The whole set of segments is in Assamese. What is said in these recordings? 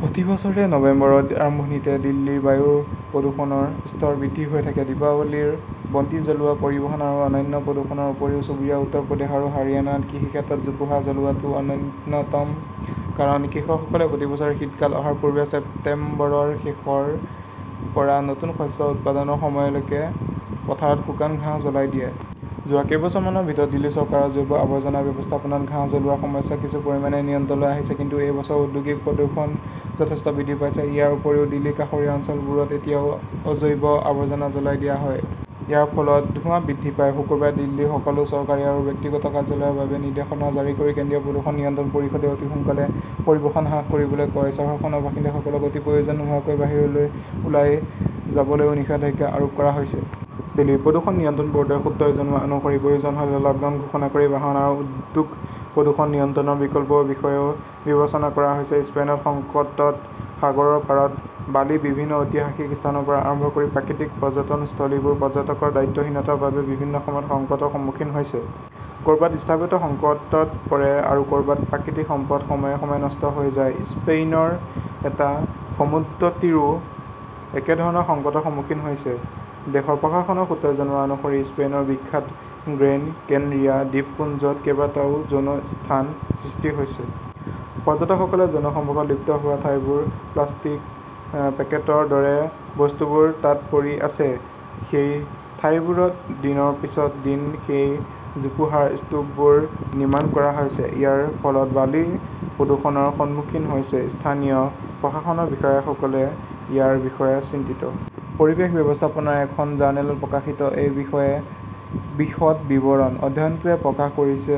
প্ৰতি বছৰে নৱেম্বৰৰ আৰম্ভণিতে দিল্লীৰ বায়ুৰ প্ৰদূষণৰ স্তৰ বৃদ্ধি হৈ থাকে। দীপাৱলীৰ বন্তি জ্বলোৱা, পৰিবহণ আৰু অন্যান্য প্ৰদূষণৰ উপৰিও চুবুৰীয়া উত্তৰ প্ৰদেশ আৰু হাৰিয়ানাৰ কৃষিক্ষেত্ৰত জোপোহা জ্বলোৱাটো অন্যতম কাৰণ। কৃষকসকলে প্ৰতি বছৰে শীতকাল অহাৰ পূৰ্বে ছেপ্টেম্বৰৰ শেষৰ পৰা নতুন শস্য উৎপাদনৰ সময়লৈকে পথাৰত শুকান ঘাঁহ জ্বলাই দিয়ে। যোৱা কেইবছৰমানৰ ভিতৰত দিল্লী চৰকাৰৰ জৈৱ আৱৰ্জনা ব্যৱস্থাপনাত ঘাঁহ জ্বলোৱাৰ সমস্যা কিছু পৰিমাণে নিয়ন্ত্ৰণলৈ আহিছে। কিন্তু এই বছৰ ঔদ্যোগিক প্ৰদূষণ যথেষ্ট বৃদ্ধি পাইছে। ইয়াৰ উপৰিও, দিল্লীৰ কাষৰীয়া অঞ্চলবোৰত এতিয়াও অজৈৱ আৱৰ্জনা জ্বলাই দিয়া হয়। ইয়াৰ ফলত ধোঁৱা বৃদ্ধি পায়। শুকুৰবাৰে দিল্লীৰ সকলো চৰকাৰী আৰু ব্যক্তিগত কাৰ্যালয়ৰ বাবে নিৰ্দেশনা জাৰি কৰি কেন্দ্ৰীয় প্ৰদূষণ নিয়ন্ত্ৰণ পৰিষদে অতি সোনকালে পৰিবহণ হ্ৰাস কৰিবলৈ কয়। চহৰখনৰ বাসিন্দাসকলক অতি প্ৰয়োজন নোহোৱাকৈ বাহিৰলৈ ওলাই যাবলৈও নিষেধাজ্ঞা আৰোপ কৰা হৈছে। দিল্লী প্ৰদূষণ নিয়ন্ত্ৰণ ব'ৰ্ডৰ সূত্ৰই জনোৱা অনুসৰি, প্ৰয়োজন হ'লে লকডাউন ঘোষণা কৰি বাহন আৰু উদ্যোগ-প্ৰদূষণ নিয়ন্ত্ৰণৰ বিকল্পৰ বিষয়েও বিবেচনা কৰা হৈছে। স্পেইনত সংকটত সাগৰৰ পাৰত বালি বিভিন্ন ঐতিহাসিক স্থানৰ পৰা আৰম্ভ কৰি প্ৰাকৃতিক পৰ্যটনস্থলীবোৰ পৰ্যটকৰ দায়িত্বহীনতাৰ বাবে বিভিন্ন সময়ত সংকটৰ সন্মুখীন হৈছে। ক'ৰবাত স্থাপত্য সংকটত পৰে, আৰু ক'ৰবাত প্ৰাকৃতিক সম্পদ সময়ে সময়ে নষ্ট হৈ যায়। স্পেইনৰ এটা সমুদ্ৰতীৰো একেধৰণৰ সংকটৰ সন্মুখীন হৈছে। দেশৰ প্ৰশাসনৰ সূত্ৰই জনোৱা অনুসৰি স্পেইনৰ বিখ্যাত গ্ৰেইন কেনৰিয়া দ্বীপপুঞ্জত কেইবাটাও যৌন স্থান সৃষ্টি হৈছে। পৰ্যটকসকলে যৌন সম্পৰ্কত লিপ্ত হোৱা ঠাইবোৰ, প্লাষ্টিক, কণ্ডমৰ পেকেটৰ দৰে বস্তুবোৰ তাত পৰি আছে। সেই ঠাইবোৰত দিনৰ পিছত দিন সেই জোপোহাৰ স্তূপবোৰ নিৰ্মাণ কৰা হৈছে। ইয়াৰ ফলত বালি প্ৰদূষণৰ সন্মুখীন হৈছে। স্থানীয় প্ৰশাসনৰ বিষয়াসকলে ইয়াৰ বিষয়ে চিন্তিত। পৰিৱেশ ব্যৱস্থাপনাৰ এখন জাৰ্নেলত প্ৰকাশিত এই বিষয়ে বিশদ বিৱৰণ। অধ্যয়নটোৱে প্ৰকাশ কৰিছে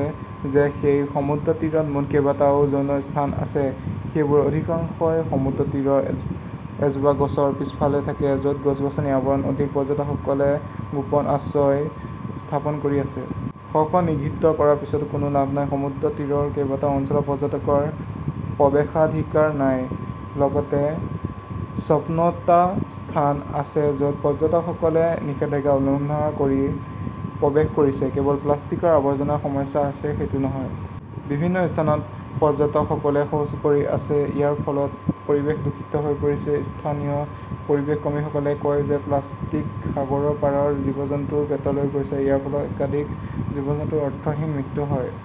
যে সেই সমুদ্ৰতীৰত মুঠ কেইবাটাও যৌন স্থান আছে। সেইবোৰৰ অধিকাংশই সমুদ্ৰতীৰৰ এজোপা গছৰ পিছফালে থাকে। য'ত গছ-গছনিৰ আৱৰণ অধিক, পৰ্যটকসকলে যৌনতাৰ গোপন আশ্ৰয় স্থাপন কৰি আছে। শ শ নিষিদ্ধ কৰাৰ পিছতো কোনো লাভ নাই। সমুদ্ৰতীৰৰ কেইবাটাও অঞ্চলত পৰ্যটকৰ প্ৰৱেশাধিকাৰ নাই, লগতে ছাপ্পনটা যৌন স্থান আছে য 'ত পৰ্যটকসকলে নিষেধাজ্ঞা উলংঘা কৰি প্ৰৱেশ কৰিছে। কেৱল প্লাষ্টিকৰ আৱৰ্জনাৰ সমস্যা আছে, সেইটো নহয়। বিভিন্ন স্থানত পৰ্যটকসকলে শৌচ কৰি আছে। ইয়াৰ ফলত পৰিৱেশ দূষিত হৈ পৰিছে। স্থানীয় পৰিৱেশ কৰ্মীসকলে কয় যে প্লাষ্টিক সাগৰৰ পাৰৰ জীৱ-জন্তুৰ পেটলৈ গৈছে। ইয়াৰ ফলত একাধিক জীৱ-জন্তুৰ অৰ্থহীন মৃত্যু হয়।